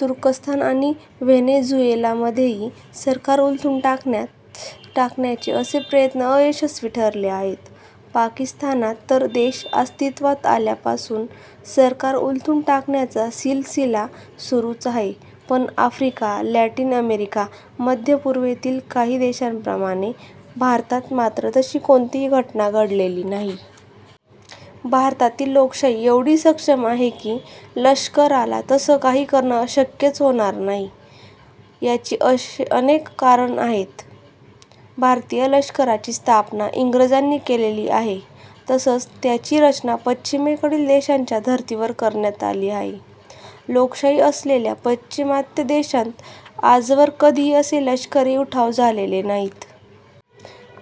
तुर्कस्तान आणि व्हेनेझुएलामध्येही सरकार उलथून टाकण्याचे असे प्रयत्न अयशस्वी ठरले आहेत. पाकिस्तानात तर देश अस्तित्वात आल्यापासून सरकारं उलथून टाकण्याचा सिलसिला सुरूच आहे. पण आफ्रिका, लॅटिन अमेरिका, मध्य पूर्वेतील काही देशांप्रमाणे भारतात मात्र तशी कोणतीही घटना घडलेली नाही. भारतातील लोकशाही एवढी सक्षम आहे की लष्कराला तसं काही करणं शक्यच होणार नाही. याची अनेक कारणं आहेत. भारतीय लष्कराची स्थापना इंग्रजांनी केलेली आहे. तसंच त्याची रचना पश्चिमेकडील देशांच्या धर्तीवर करण्यात आली आहे. लोकशाही असलेल्या पाश्चिमात्य देशांत आजवर कधीही असे लष्करी उठाव झालेले नाहीत.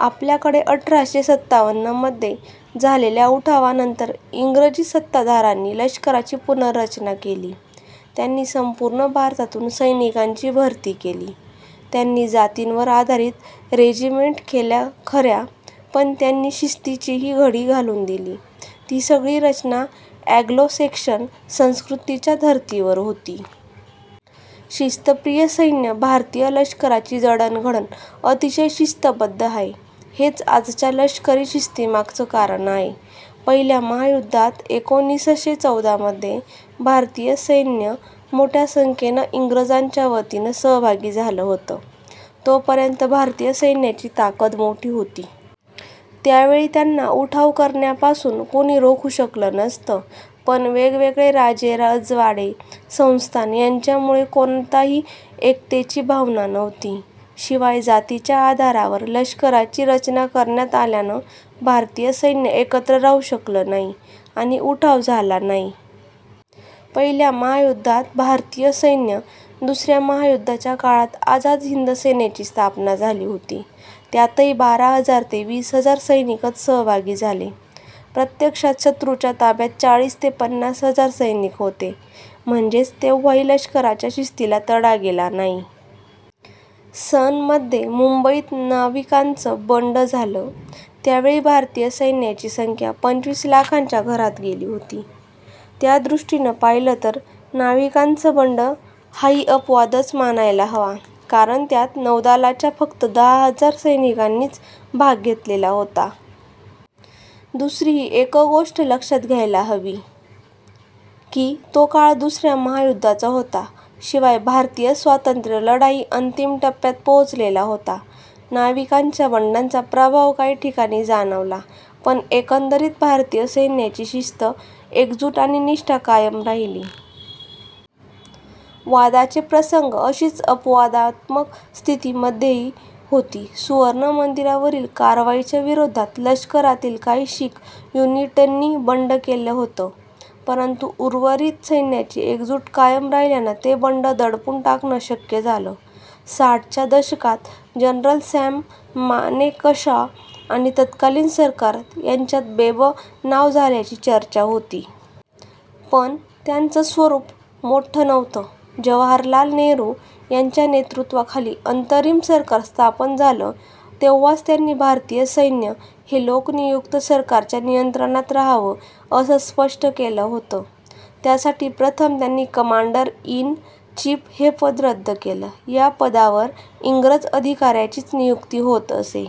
आपल्याकडे अठराशे सत्तावन्नमध्ये झालेल्या उठावानंतर इंग्रजी सत्ताधाऱ्यांनी लष्कराची पुनर्रचना केली. त्यांनी संपूर्ण भारतातून सैनिकांची भरती केली. त्यांनी जातींवर आधारित रेजिमेंट केल्या खऱ्या, पण त्यांनी शिस्तीचीही घडी घालून दिली. ती सगळी रचना अँग्लो सेक्शन संस्कृतीच्या धर्तीवर होती. शिस्तप्रिय सैन्य भारतीय लष्कराची जडणघडण अतिशय शिस्तबद्ध आहे. हेच आजच्या लष्करी शिस्तीमागचं कारण आहे. पहिल्या महायुद्धात, एकोणीसशे चौदामध्ये भारतीय सैन्य मोठ्या संख्येनं इंग्रजांच्या वतीने सहभागी झालं होतं. तोपर्यंत भारतीय सैन्याची ताकद मोठी होती. त्यावेळी त्यांना उठाव करण्यापासून कोणी रोखू शकलं नसतं. पण वेगवेगळे राजे रजवाडे, संस्थानं यांच्यामुळे कोणातही एकतेची भावना नव्हती. शिवाय जातीच्या आधारावर लष्कराची रचना करण्यात आल्यानं भारतीय सैन्य एकत्र राहू शकल नाही आणि उठाव झाला नाही. पहिल्या महायुद्धात भारतीय सैन्य दुसऱ्या महायुद्धाच्या काळात आझाद हिंद सेनेची स्थापना झाली होती. त्यातही बारा हजार ते वीस हजार सैनिकच सहभागी झाले. प्रत्यक्षात शत्रूच्या ताब्यात चाळीस ते पन्नास हजार सैनिक होते. म्हणजेच तेव्हाही लष्कराच्या शिस्तीला तडा गेला नाही. सन मध्ये मुंबईत नाविकांचं बंड झालं. त्यावेळी भारतीय सैन्याची संख्या पंचवीस लाखांच्या घरात गेली होती. त्यादृष्टीनं पाहिलं तर, नाविकांचं बंड हाही अपवादच मानायला हवा. कारण त्यात नौदलाच्या फक्त दहा हजार सैनिकांनीच भाग घेतला होता. दुसरीही एक गोष्ट लक्षात घ्यायला हवी की, तो काळ दुसऱ्या महायुद्धाचा होता. शिवाय, भारतीय स्वातंत्र्य लढाही अंतिम टप्प्यात पोहोचलेला होता. नाविकांच्या बंडाचा प्रभाव काही ठिकाणी जाणवला, पण एकंदरीत भारतीय सैन्याची शिस्त, एकजूट आणि निष्ठा कायम राहिली. वादाचे प्रसंग अशीच अपवादात्मक स्थिती मध्येही होती. सुवर्ण मंदिरावरील कारवाईच्या विरोधात लष्करातील काही शीख युनिटनी बंड केलं होतं. परंतु, उर्वरित सैन्याची एकजूट कायम राहिल्यानं ते बंड दडपून टाकणं शक्य झालं. साठच्या दशकात जनरल सॅम माणेकशॉ आणि तत्कालीन सरकार यांच्यात बेबनाव झाल्याची चर्चा होती. पण त्याचं स्वरूप मोठं नव्हतं. जवाहरलाल नेहरू यांच्या नेतृत्वाखाली अंतरिम सरकार स्थापन झालं तेव्हाच, त्यांनी भारतीय सैन्य हे लोकनियुक्त सरकारच्या नियंत्रणात रहावं, असं स्पष्ट केलं होतं. त्यासाठी प्रथम त्यांनी कमांडर इन चीफ हे पद रद्द केलं. या पदावर इंग्रज अधिकाऱ्याचीच नियुक्ती होत असे.